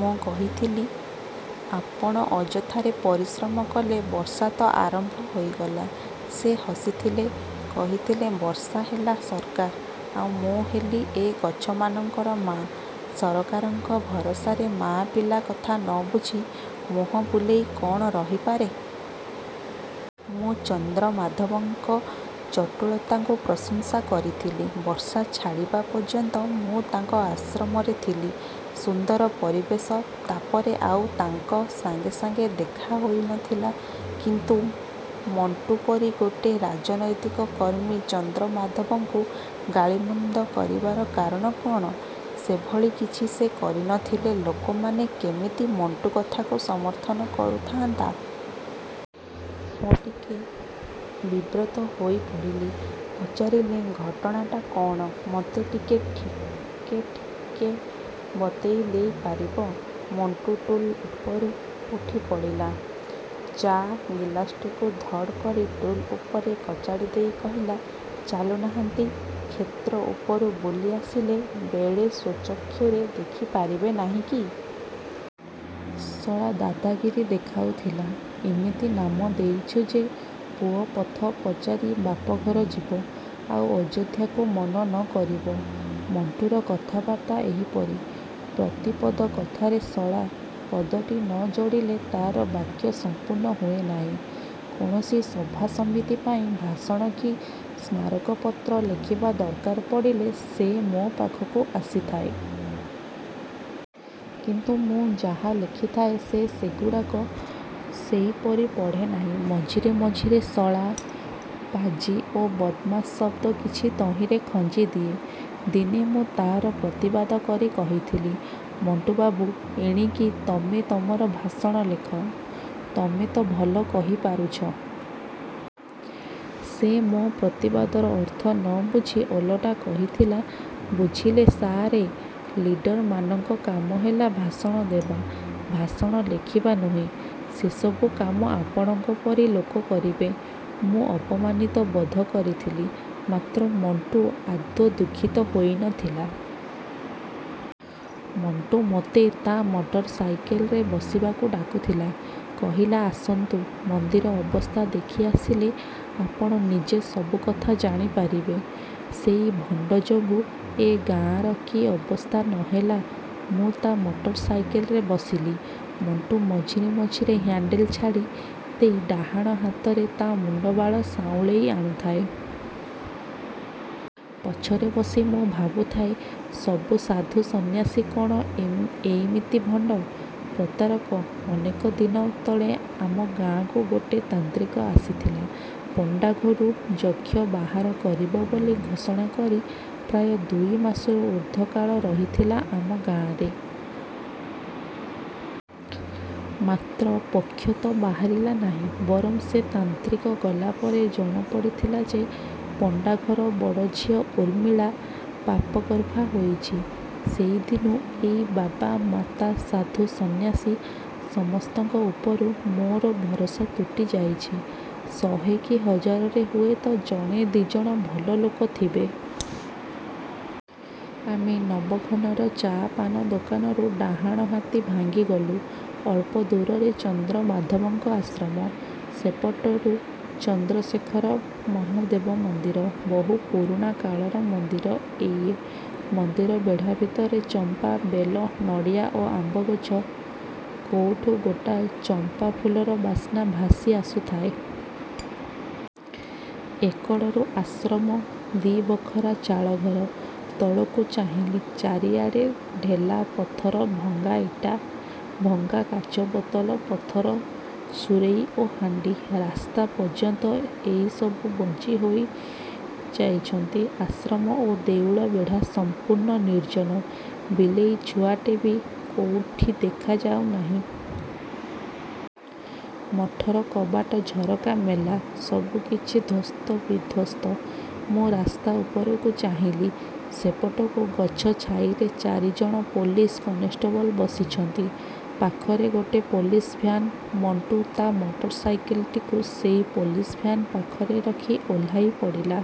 ମୁଁ କହିଥିଲି, "ଆପଣ ଅଯଥାରେ ପରିଶ୍ରମ କଲେ। ବର୍ଷା ତ ଆରମ୍ଭ ହୋଇଗଲା।" ସେ ହସିଥିଲେ। କହିଥିଲେ, "ବର୍ଷା ହେଲା ସରକାର, ଆଉ ମୁଁ ହେଲି ଏ ଗଛମାନଙ୍କର ମା'। ସରକାରଙ୍କ ଭରସାରେ ମା' ପିଲା କଥା ନ ବୁଝି ମୁହଁ ବୁଲେଇ କ'ଣ ରହିପାରେ!" ମୁଁ ଚନ୍ଦ୍ରମାଧବଙ୍କ ଚଟୁଳତାକୁ ପ୍ରଶଂସା କରିଥିଲି। ବର୍ଷା ଛାଡ଼ିବା ପର୍ଯ୍ୟନ୍ତ ମୁଁ ତାଙ୍କ ଆଶ୍ରମରେ ଥିଲି। ସୁନ୍ଦର ପରିବେଶ। ତା'ପରେ ଆଉ ତାଙ୍କ ସାଙ୍ଗେ ଦେଖା ହୋଇ ନଥିଲା। କିନ୍ତୁ ମଣ୍ଟୁ ପରି ଗୋଟେ ରାଜନୈତିକ କର୍ମୀ ଚନ୍ଦ୍ରମାଧବଙ୍କୁ ଗାଳିମନ୍ଦ କରିବାର କାରଣ କ'ଣ? ସେଭଳି କିଛି ସେ କରିନଥିଲେ ଲୋକମାନେ କେମିତି ମଣ୍ଟୁ କଥାକୁ ସମର୍ଥନ କରୁଥାଆନ୍ତା! ମୁଁ ଟିକେ ବିବ୍ରତ ହୋଇ ପଡ଼ିଲି। ପଚାରିଲି, "ଘଟଣାଟା କ'ଣ ମୋତେ ଟିକେ ଠିକେ ଠିକେ ବତେଇ ପାରିବ?" ମଣ୍ଟୁ ଟୁଲ୍ ଉପରୁ ଉଠି ପଡ଼ିଲା। ଚା' ଗିଲାସଟିକୁ ଧଡ଼୍ କରି ଟୁଲ୍ ଉପରେ କଚାଡ଼ି ଦେଇ କହିଲା, "ଚାଲୁନାହାନ୍ତି, କ୍ଷେତ୍ର ଉପରୁ ବୁଲି ଆସିଲେ ବଳେ ସ୍ୱଚକ୍ଷୁରେ ଦେଖି ପାରିବେ ନାହିଁ କି! ଶଳା ଦାଦାଗିରି ଦେଖାଉଥିଲା। ଇମିତି ନାମ ଦେଇଛୁ ଯେ ପୁଅ ପଥ ପଚାରି ବାପଘର ଯିବ, ଆଉ ଅଯୋଧ୍ୟାକୁ ମନ ନ କରିବ।" ମଣ୍ଟୁର କଥାବାର୍ତ୍ତା ଏହିପରି। ପ୍ରତି ପଦ କଥାରେ 'ଶଳା' ପଦଟି ନ ଯୋଡ଼ିଲେ ତା'ର ବାକ୍ୟ ସମ୍ପୂର୍ଣ୍ଣ ହୁଏ ନାହିଁ। କୌଣସି ସଭା ସମିତି ପାଇଁ ଭାଷଣ କି ସ୍ମାରକପତ୍ର ଲେଖିବା ଦରକାର ପଡ଼ିଲେ ସେ ମୋ ପାଖକୁ ଆସିଥାଏ। କିନ୍ତୁ ମୁଁ ଯାହା ଲେଖିଥାଏ, ସେ ସେଗୁଡ଼ା ସେଇପରି ପଢ଼େ ନାହିଁ। ମଝିରେ ମଝିରେ ଶଳା, ପାଜି ଓ ବଦ୍‌ମାସ ଶବ୍ଦ କିଛି ତହିଁରେ ଖଞ୍ଜି ଦିଏ। ଦିନେ ମୁଁ ତା'ର ପ୍ରତିବାଦ କରି କହିଥିଲି, "ମଣ୍ଟୁବାବୁ! ଏଣିକି ତମେ ତମର ଭାଷଣ ଲେଖ। ତମେ ତ ଭଲ କହି ପାରୁଛ।" ସେ ମୋ ପ୍ରତିବାଦର ଅର୍ଥ ନ ବୁଝି ଓଲଟା କହିଥିଲା, "ବୁଝିଲେ ସାଆରେ! ଲିଡର୍‌ମାନଙ୍କ କାମ ହେଲା ଭାଷଣ ଦେବା, ଭାଷଣ ଲେଖିବା ନୁହେଁ। ସେସବୁ କାମ ଆପଣଙ୍କ ପରି ଲୋକ କରିବେ।" ମୁଁ ଅପମାନିତ ବୋଧ କରିଥିଲି। ମାତ୍ର ମଣ୍ଟୁ ଆଦୌ ଦୁଃଖିତ ହୋଇ ନଥିଲା। ମଣ୍ଟୁ ମୋତେ ତା' ମଟରସାଇକେଲ୍‌ରେ ବସିବାକୁ ଡାକୁଥିଲା। କହିଲା, "ଆସନ୍ତୁ, ମନ୍ଦିର ଅବସ୍ଥା ଦେଖି ଆସିଲେ ଆପଣ ନିଜେ ସବୁ କଥା ଜାଣି ପାରିବେ। ସେଇ ଭଣ୍ଡ ଯୋଗୁ ଏ ଗାଁର କି ଅବସ୍ଥା ନ ହେଲା...!" ମୁଁ ତା' ମଟରସାଇକେଲ୍‌ରେ ବସିଲି। ମଣ୍ଟୁ ମଝିରେ ମଝିରେ ହ୍ୟାଣ୍ଡଲ୍ ଛାଡ଼ି ଦେଇ ଡାହାଣ ହାତରେ ତା' ମୁଣ୍ଡବାଳ ସାଉଁଳେଇ ଆଣୁଥାଏ। ପଛରେ ବସି ମୁଁ ଭାବୁଥାଏ, ସବୁ ସାଧୁ ସନ୍ନ୍ୟାସୀ କ'ଣ ଏଇମିତି ଭଣ୍ଡ, ପ୍ରତାରକ? ଅନେକ ଦିନ ତଳେ ଆମ ଗାଁକୁ ଗୋଟେ ତାନ୍ତ୍ରିକ ଆସିଥିଲା। ପଣ୍ଡା ଘରୁ ଯକ୍ଷ ବାହାର କରିବ ବୋଲି ଘୋଷଣା କରି ପ୍ରାୟ ଦୁଇ ମାସରୁ ଊର୍ଦ୍ଧ୍ୱ କାଳ ରହିଥିଲା ଆମ ଗାଁରେ। ମାତ୍ର ଯକ୍ଷ ତ ବାହାରିଲା ନାହିଁ, ବରଂ ସେ ତାନ୍ତ୍ରିକ ଗଲା ପରେ ଜଣା ପଡ଼ିଥିଲା ଯେ ପଣ୍ଡାଘର ବଡ଼ଝିଅ ଉର୍ମିଳା ପାପଗର୍ଭା ହୋଇଛି। ସେଇଦିନୁ ଏଇ ବାବା, ମାତା, ସାଧୁ, ସନ୍ନ୍ୟାସୀ ସମସ୍ତଙ୍କ ଉପରୁ ମୋର ଭରସା ତୁଟି ଯାଇଛି। ଶହେ କି ହଜାରରେ ହୁଏତ ଜଣେ ଦି'ଜଣ ଭଲ ଲୋକ ଥିବେ। ଆମେ ନବଘନର ଚା'-ପାନ ଦୋକାନରୁ ଡାହାଣହାତି ଭାଙ୍ଗି ଗଲୁ। ଅଳ୍ପ ଦୂରରେ ଚନ୍ଦ୍ରମାଧବଙ୍କ ଆଶ୍ରମ। ସେପଟକୁ ଚନ୍ଦ୍ରଶେଖର ମହାଦେବ ମନ୍ଦିର। ବହୁ ପୁରୁଣା କାଳର ମନ୍ଦିର ଇଏ। ମନ୍ଦିର ବେଢ଼ା ଭିତରେ ଚମ୍ପା, ବେଲ, ନଡ଼ିଆ ଓ ଆମ୍ବଗଛ। କୋଉଠୁ ଗୋଟେ ଚମ୍ପାଫୁଲର ବାସ୍ନା ଭାସି ଆସୁଥାଏ। ଏ କଡ଼କୁ ଆଶ୍ରମ। ଦି'ବଖରା ଚାଳଘର। ତଳକୁ ଚାହିଁଲି। ଚାରିଆଡ଼େ ଢେଲା, ପଥର, ଭଙ୍ଗା ଇଟା, ଭଙ୍ଗା କାଚ ବୋତଲ, ପଥର, ସୁରେଇ ଓ ହାଣ୍ଡି। ରାସ୍ତା ପର୍ଯ୍ୟନ୍ତ ଏଇ ସବୁ ବିଞ୍ଚି ହୋଇ ଯାଇଛନ୍ତି। ଆଶ୍ରମ ଓ ଦେଉଳ ବେଢ଼ା ସମ୍ପୂର୍ଣ୍ଣ ନିର୍ଜନ। ବିଲେଇଛୁଆଟେ ବି କୋଉଠି ଦେଖା ଯାଉନାହିଁ। ମଠର କବାଟ ଝରକା ମେଲା। ସବୁକିଛି ଧ୍ୱସ୍ତବିଧ୍ୱସ୍ତ। ମୁଁ ରାସ୍ତା ଉପରକୁ ଚାହିଁଲି। ସେପଟକୁ ଗଛ ଛାଇରେ ଚାରିଜଣ ପୋଲିସ କନେଷ୍ଟବଳ ବସିଛନ୍ତି। ପାଖରେ ଗୋଟେ ପୋଲିସ ଭ୍ୟାନ୍। ମଣ୍ଟୁ ତା' ମଟରସାଇକେଲ୍‌ଟିକୁ ସେଇ ପୋଲିସ ଭ୍ୟାନ୍ ପାଖରେ ରଖି ଓହ୍ଲେଇ ପଡ଼ିଲା।